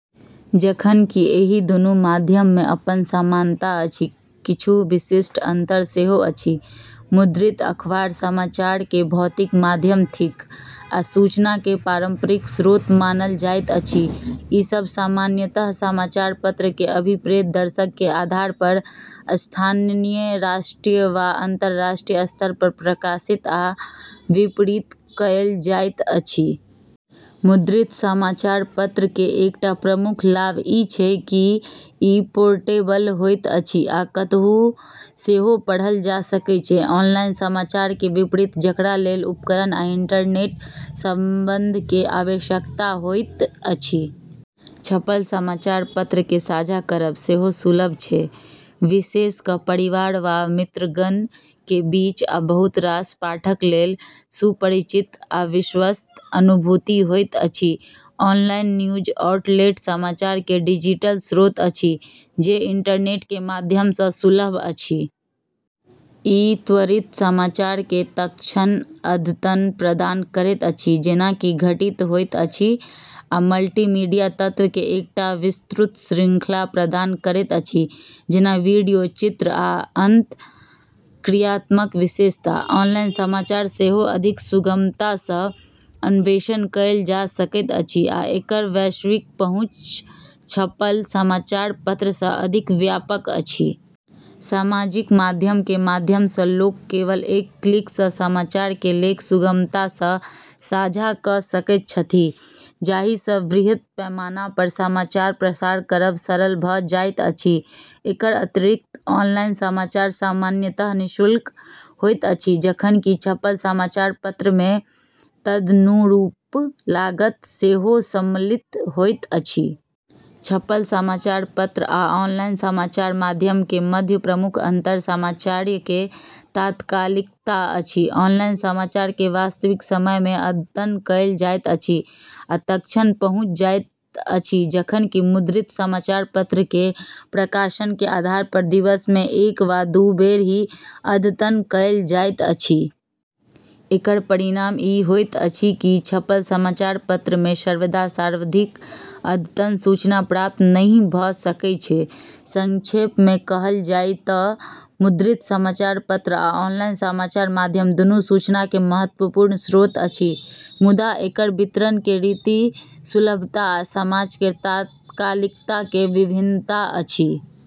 जखन कि एहि दुनू माध्यम में अपन समानता अछि, किछु विशिष्ट अंतर सेहो अछि। मुद्रित अखबार समाचार के भौतिक माध्यम थिक आ सूचना के पारंपरिक स्रोत मानल जाइत अछि। ई सब सामान्यतः समाचार-पत्र के अभिप्रेत दर्शक के आधार पर स्थानीय, राष्ट्रीय वा अंतर्राष्ट्रीय स्तर पर प्रकाशित आ वितरित कएल जाइत अछि। मुद्रित समाचार-पत्र के एकटा प्रमुख लाभ ई छै कि ई पोर्टेबल होइत अछि आ कतहुँ सेहो पढ़ल जा सकै छै, ऑनलाइन समाचार के विपरीत, जकरा लेल उपकरण आ इंटरनेट संबंध के आवश्यकता होइत अछि। छपल समाचार-पत्र के साझा करब सेहो सुलभ छै, विशेष कऽ परिवार वा मित्रगण के बीच, आ बहुत रास पाठक लेल सुपरिचित आ विश्वस्त अनुभूति होइत अछि। ऑनलाइन न्यूज आउटलेट समाचार के डिजिटल स्रोत अछि जे इंटरनेट के माध्यम सँ सुलभ अछि। ई त्वरित समाचार के तत्क्षण अद्यतन प्रदान करैत अछि जेंना कि घटित होइत अछि आ मल्टीमीडिया तत्व के एकटा विस्तृत शृंखला प्रदान करैत अछि, जेना वीडियो, चित्र, आ अंतःक्रियात्मक विशेषता। ऑनलाइन समाचार सेहो अधिक सुगमता सँ अन्वेषण कएल जा सकैत अछि आ एकर वैश्विक पहुँच छपल समाचार-पत्र सँ अधिक व्यापक अछि। सामाजिक माध्यम के माध्यम सँ लोक केवल एक क्लिक सँ समाचार के लेख सुगमता सँ साझा कऽ सकै छथि, जाहि सँ बृहत पैमाना पर समाचार प्रसार करब सरल भऽ जाइत अछि। एकर अतिरिक्त ऑनलाइन समाचार सामान्यतः निःशुल्क होइत अछि, जखन कि छपल समाचार-पत्र में तदनुरूप लागत सेहो सम्मिलित होइत अछि। छपल समाचार-पत्र आ ऑनलाइन समाचार माध्यम के मध्य प्रमुख अंतर समाचार के तात्कालिकता अछि। ऑनलाइन समाचार के वास्तविक समय मे अद्यतन कएल जाइत अछि आ तत्क्षण पहुँच जाइत अछि, जखन कि मुद्रित समाचार-पत्र के प्रकाशन के आधार पर दिवस में एक वा दू बेर ही अद्यतन कएल जाइत अछि। एकर परिणाम ई होइत अछि कि छपल समाचार-पत्र में सर्वदा सर्वाधिक अद्यतन सूचना प्राप्त नहि भऽ सकै छै। संक्षेप में कहल जाय तँ मुद्रित समाचार-पत्र आ ऑनलाइन समाचार माध्यम दुनू सूचना के महत्त्वपूर्ण स्रोत अछि, मुदा एकर वितरण के रीति, सुलभता, आ समाचार के तात्कालिकता में विभिन्नता अछि।